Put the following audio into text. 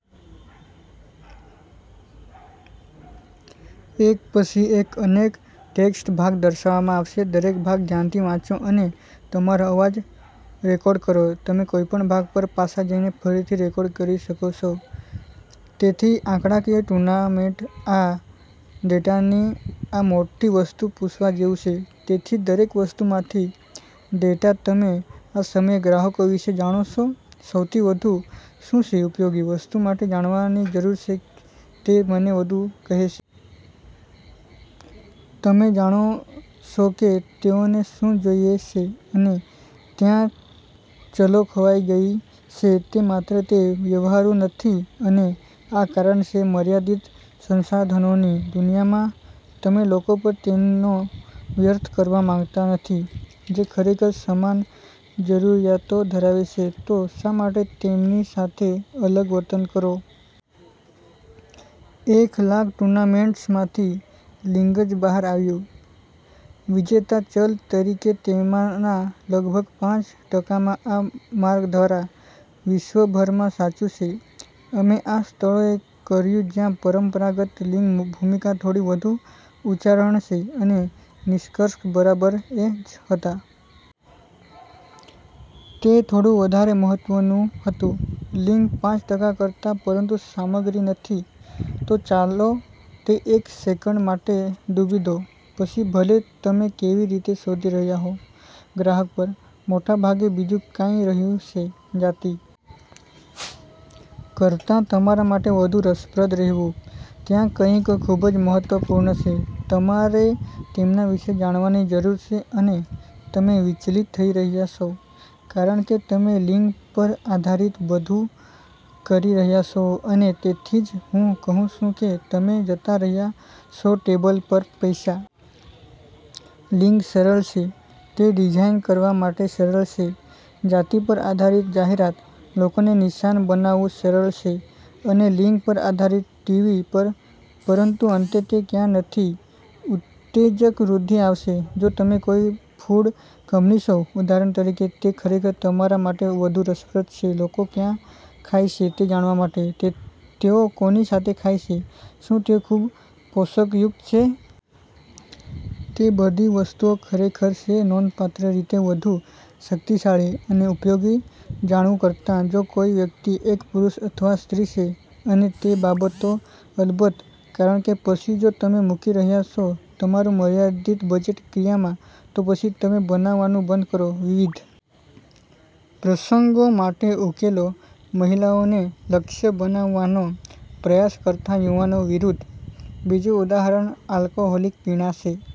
તેથી આંકડાકીય ટૂર્નામેન્ટ આ ડેટાની આ મોટી વસ્તુ પૂછવા જેવું છે, તેથી દરેક વસ્તુમાંથી ડેટા તમે આ સમયે ગ્રાહકો વિશે જાણો છો, સૌથી વધુ શું છે ઉપયોગી વસ્તુ મારે જાણવાની જરૂર છે, તે મને વધુ કહે છે. તમે જાણો છો કે તેઓને શું જોઈએ છે અને ત્યાં ચલો ખોવાઈ ગઈ છે તે માત્ર તે વ્યવહારુ નથી અને આ કારણ છે મર્યાદિત સંસાધનોની દુનિયામાં, તમે લોકો પર તેનો વ્યર્થ કરવા માંગતા નથી ,જે ખરેખર સમાન જરૂરિયાતો ધરાવે છે ,તો શા માટે તેમની સાથે અલગ વર્તન કરો? એક લાખ ટુર્નામેન્ટ્સમાંથી, લિંગ જ બહાર આવ્યું. વિજેતા ચલ તરીકે તેમાંના લગભગ પાંચ ટકામાં આ માર્ગ દ્વારા, વિશ્વભરમાં સાચું છે. અમે આ સ્થળોએ કર્યું જ્યાં પરંપરાગત લિંગ ભૂમિકા થોડી વધુ ઉચ્ચારણ છે અને નિષ્કર્ષ બરાબર એ જ હતા. તે થોડું વધારે મહત્વનું હતું. લિંગ પાંચ ટકા કરતા, પરંતુ સામગ્રી નથી. તો ચાલો તે એક સેકંડ માટે ડૂબી દો. પછી ભલે તમે કેવી રીતે શોધી રહ્યાં છો ગ્રાહક પર, મોટા ભાગે બીજું કાંઈ રહ્યું છે .જાતિ કરતાં તમારા માટે વધુ રસપ્રદ રહેવું. ત્યાં કંઈક ખૂબ જ મહત્વપૂર્ણ છે. તમારે તેમના વિશે જાણવાની જરૂર છે અને તમે વિચલિત થઈ રહ્યાં છો, કારણ કે તમે લિંગ પર આધારીત બધું કરી રહ્યા છો અને તેથી જ હું કહું છું કે તમે જતા રહ્યા છો ટેબલ પર પૈસા. લિંગ સરળ છે. તે ડિઝાઇન કરવા માટે સરળ છે, જાતિ પર આધારીત જાહેરાત, લોકોને નિશાન બનાવવું સરળ છે અને લિંગ પર આધારિત ટીવી પર, પરંતુ અંતે તે ક્યાં નથી ઉત્તેજક વૃદ્ધિ આવશે. જો તમે કોઈ ફૂડ કંપની છો, ઉદાહરણ તરીકે, તે ખરેખર તમારા માટે વધુ રસપ્રદ છે લોકો ક્યાં ખાય છે તે જાણવા માટે, તેઓ કોની સાથે ખાય છે, શું તેઓ ખૂબ પોષણયુક્ત છે? તે બધી વસ્તુઓ ખરેખર છે નોંધપાત્ર રીતે વધુ શક્તિશાળી અને ઉપયોગી જાણવું કરતાં જો કોઈ વ્યક્તિ એક પુરુષ અથવા સ્ત્રી છે અને તે બાબતો અલબત્ત, કારણ કે પછી જો તમે મૂકી રહ્યાં છો તમારું મર્યાદિત બજેટ ક્રિયામાં, તો પછી તમે બનાવવાનું બંધ કરો .વિવિધ પ્રસંગો માટે ઉકેલો મહિલાઓને લક્ષ્ય બનાવવાનો પ્રયાસ કરતાં યુવાનો વિરુદ્ધ. બીજું ઉદાહરણ આલ્કોહોલિક પીણાં છે.